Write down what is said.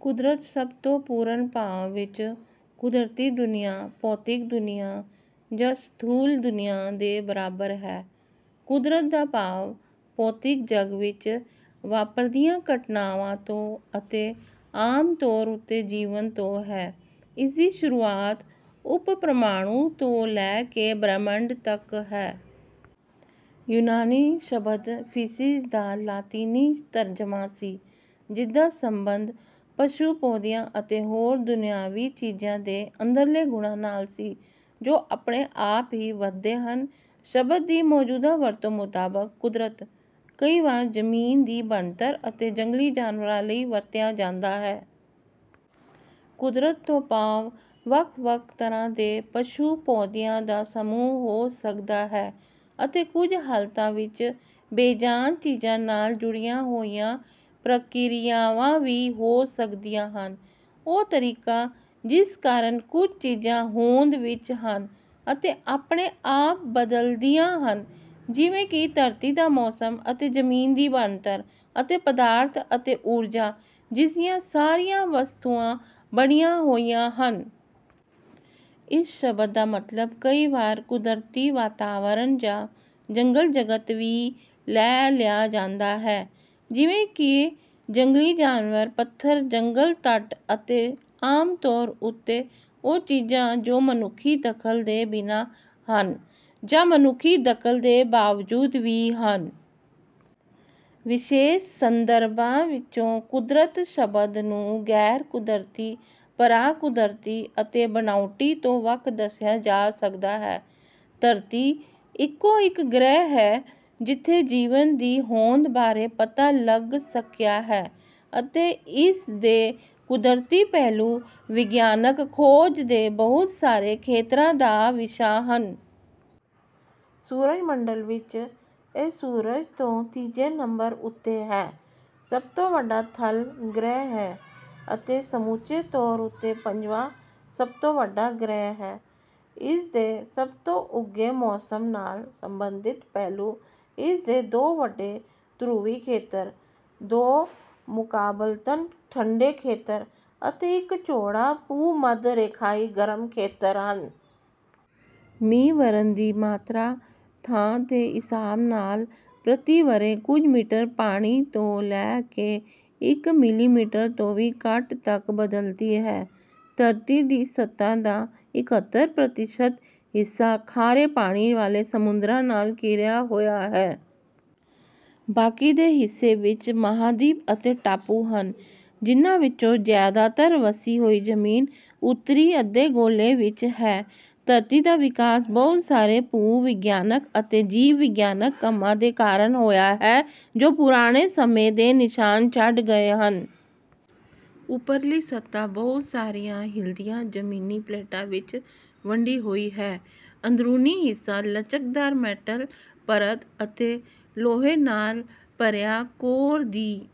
ਕੁਦਰਤ ਸਭ ਤੋਂ ਪੂਰਨ ਭਾਵ ਵਿੱਚ ਕੁਦਰਤੀ ਦੁਨੀਆਂ ਭੌਤਿਕ ਦੁਨੀਆਂ ਜਾਂ ਸਥੂਲ ਦੁਨੀਆਂ ਦੇ ਬਰਾਬਰ ਹੈ। "ਕੁਦਰਤ" ਦਾ ਭਾਵ ਭੌਤਿਕ ਜੱਗ ਵਿੱਚ ਵਾਪਰਦੀਆਂ ਘਟਨਾਵਾਂ ਤੋਂ ਅਤੇ ਆਮ ਤੌਰ ਉੱਤੇ ਜੀਵਨ ਤੋਂ ਹੈ। ਇਸਦੀ ਸ਼ੁਰੂਆਤ ਉਪ-ਪ੍ਰਮਾਣੂ ਤੋਂ ਲੈ ਕੇ ਬ੍ਰਹਿਮੰਡ ਤੱਕ ਹੈ। ਯੂਨਾਨੀ ਸ਼ਬਦ ਫ਼ਿਸਿਜ਼ ਦਾ ਲਾਤੀਨੀ ਤਰਜਮਾ ਸੀ ਜਿਹਦਾ ਸਬੰਧ ਪਸ਼ੂ-ਪੌਦਿਆਂ ਅਤੇ ਹੋਰ ਦੁਨਿਆਵੀ ਚੀਜ਼ਾਂ ਦੇ ਅੰਦਰਲੇ ਗੁਣਾਂ ਨਾਲ ਸੀ ਜੋ ਆਪਣੇ-ਆਪ ਹੀ ਵਧਦੇ ਹਨ। ਸ਼ਬਦ ਦੀ ਮੌਜੂਦਾ ਵਰਤੋਂ ਮੁਤਾਬਕ "ਕੁਦਰਤ" ਕਈ ਵਾਰ ਜ਼ਮੀਨ ਦੀ ਬਣਤਰ ਅਤੇ ਜੰਗਲੀ ਜਾਨਵਰਾਂ ਲਈ ਵਰਤਿਆ ਜਾਂਦਾ ਹੈ। ਕੁਦਰਤ ਤੋਂ ਭਾਵ ਵੱਖ-ਵੱਖ ਤਰ੍ਹਾਂ ਦੇ ਪਸ਼ੂ-ਪੌਦਿਆਂ ਦਾ ਸਮੂਹ ਹੋ ਸਕਦਾ ਹੈ ਅਤੇ ਕੁਝ ਹਾਲਤਾਂ ਵਿੱਚ ਬੇਜਾਨ ਚੀਜ਼ਾਂ ਨਾਲ ਜੁੜੀਆਂ ਹੋਈਆਂ ਪ੍ਰਕਿਰਿਆਵਾਂ ਵੀ ਹੋ ਸਕਦੀਆਂ ਹਨ। ਉਹ ਤਰੀਕਾ ਜਿਸ ਕਾਰਨ ਕੁਝ ਚੀਜ਼ਾਂ ਹੋਂਦ ਵਿੱਚ ਹਨ ਅਤੇ ਆਪਣੇ-ਆਪ ਬਦਲਦੀਆਂ ਹਨ ਜਿਵੇਂ ਕਿ ਧਰਤੀ ਦਾ ਮੌਸਮ ਅਤੇ ਜ਼ਮੀਨ ਦੀ ਬਣਤਰ ਅਤੇ ਪਦਾਰਥ ਅਤੇ ਊਰਜਾ ਜਿਸਦੀਆਂ ਸਾਰੀਆਂ ਵਸਤੂਆਂ ਬਣੀਆਂ ਹੋਈਆਂ ਹਨ। ਇਸ ਸ਼ਬਦ ਦਾ ਮਤਲਬ ਕਈ ਵਾਰ ਕੁਦਰਤੀ ਵਾਤਾਵਰਨ ਜਾਂ ਜੰਗਲ-ਜਗਤ ਵੀ ਲੈ ਲਿਆ ਜਾਂਦਾ ਹੈ ਜਿਵੇਂ ਕਿ ਜੰਗਲੀ ਜਾਨਵਰ ਪੱਥਰ ਜੰਗਲ ਤੱਟ ਅਤੇ ਆਮ ਤੌਰ ਉੱਤੇ ਉਹ ਚੀਜ਼ਾਂ ਜੋ ਮਨੁੱਖੀ ਦਖ਼ਲ ਦੇ ਬਿਨਾਂ ਹਨ ਜਾਂ ਮਨੁੱਖੀ ਦਖ਼ਲ ਦੇ ਬਾਵਜੂਦ ਵੀ ਹਨ। ਵਿਸ਼ੇਸ਼ ਸੰਦਰਭਾਂ ਵਿੱਚ "ਕੁਦਰਤ" ਸ਼ਬਦ ਨੂੰ ਗ਼ੈਰ-ਕੁਦਰਤੀ ਪਰਾਕੁਦਰਤੀ ਅਤੇ ਬਣਾਉਟੀ ਤੋਂ ਵੱਖ ਦੱਸਿਆ ਜਾ ਸਕਦਾ ਹੈ। ਧਰਤੀ ਇੱਕੋ-ਇੱਕ ਗ੍ਰਹਿ ਹੈ ਜਿੱਥੇ ਜੀਵਨ ਦੀ ਹੋਂਦ ਬਾਰੇ ਪਤਾ ਲੱਗ ਸਕਿਆ ਹੈ ਅਤੇ ਇਸ ਦੇ ਕੁਦਰਤੀ ਪਹਿਲੂ ਵਿਗਿਆਨਕ ਖੋਜ ਦੇ ਬਹੁਤ ਸਾਰੇ ਖੇਤਰਾਂ ਦਾ ਵਿਸ਼ਾ ਹਨ। ਸੂਰਜ-ਮੰਡਲ ਵਿੱਚ ਇਹ ਸੂਰਜ ਤੋਂ ਤੀਜੇ ਨੰਬਰ ਉੱਤੇ ਹੈ ਸਭ ਤੋਂ ਵੱਡਾ ਥਲ ਗ੍ਰਹਿ ਹੈ ਅਤੇ ਸਮੁੱਚੇ ਤੌਰ ਉੱਤੇ ਪੰਜਵਾਂ ਸਭ ਤੋਂ ਵੱਡਾ ਗ੍ਰਹਿ ਹੈ। ਇਸ ਦੇ ਸਭ ਤੋਂ ਉੱਘੇ ਮੌਸਮ ਨਾਲ ਸਬੰਧਿਤ ਪਹਿਲੂ ਇਸ ਦੇ ਦੋ ਵੱਡੇ ਧਰੁਵੀ ਖੇਤਰ ਦੋ ਮੁਕਾਬਲਤਨ ਠੰਡੇ ਖੇਤਰ ਅਤੇ ਇੱਕ ਚੌੜਾ ਭੂ-ਮੱਧ ਰੇਖਾਈ ਗਰਮ ਖੇਤਰ ਹਨ। ਮੀਂਹ ਵਰ੍ਹਨ ਦੀ ਮਾਤਰਾ ਥਾਂ ਦੇ ਹਿਸਾਬ ਨਾਲ ਪ੍ਰਤੀ ਵਰ੍ਹੇ ਕੁਝ ਮੀਟਰ ਪਾਣੀ ਤੋਂ ਲੈ ਕੇ ਇੱਕ ਮਿਲੀਮੀਟਰ ਤੋਂ ਵੀ ਘੱਟ ਤੱਕ ਬਦਲਦੀ ਹੈ। ਧਰਤੀ ਦੀ ਸਤ੍ਹਾ ਦਾ ਇਕਹੱਤਰ ਪ੍ਰਤੀਸ਼ਤ ਹਿੱਸਾ ਖਾਰੇ ਪਾਣੀ ਵਾਲੇ ਸਮੁੰਦਰਾਂ ਨਾਲ ਘਿਰਿਆ ਹੋਇਆ ਹੈ। ਬਾਕੀ ਦੇ ਹਿੱਸੇ ਵਿੱਚ ਮਹਾਂਦੀਪ ਅਤੇ ਟਾਪੂ ਹਨ ਜਿਹਨਾਂ ਵਿੱਚੋਂ ਜ਼ਿਆਦਾਤਰ ਵਸੀ ਹੋਈ ਜ਼ਮੀਨ ਉੱਤਰੀ ਅੱਧੇ ਗੋਲੇ ਵਿੱਚ ਹੈ ਧਰਤੀ ਦਾ ਵਿਕਾਸ ਬਹੁਤ ਸਾਰੇ ਭੂ-ਵਿਗਿਆਨਕ ਅਤੇ ਜੀਵ-ਵਿਗਿਆਨਕ ਕੰਮਾਂ ਦੇ ਕਾਰਨ ਹੋਇਆ ਹੈ ਜੋ ਪੁਰਾਣੇ ਸਮੇਂ ਦੇ ਨਿਸ਼ਾਨ ਛੱਡ ਗਏ ਹਨ। ਉੱਪਰਲੀ ਸਤ੍ਹਾ ਬਹੁਤ ਸਾਰੀਆਂ ਹਿੱਲਦੀਆਂ ਜ਼ਮੀਨੀ ਪਲੇਟਾਂ ਵਿੱਚ ਵੰਡੀ ਹੋਈ ਹੈ ਅੰਦਰੂਨੀ ਹਿੱਸਾ ਲਚਕਦਾਰ ਮੈਂਟਲ ਪਰਤ ਅਤੇ ਲੋਹੇ ਨਾਲ ਭਰਿਆ ਕੋਰ ਦੀ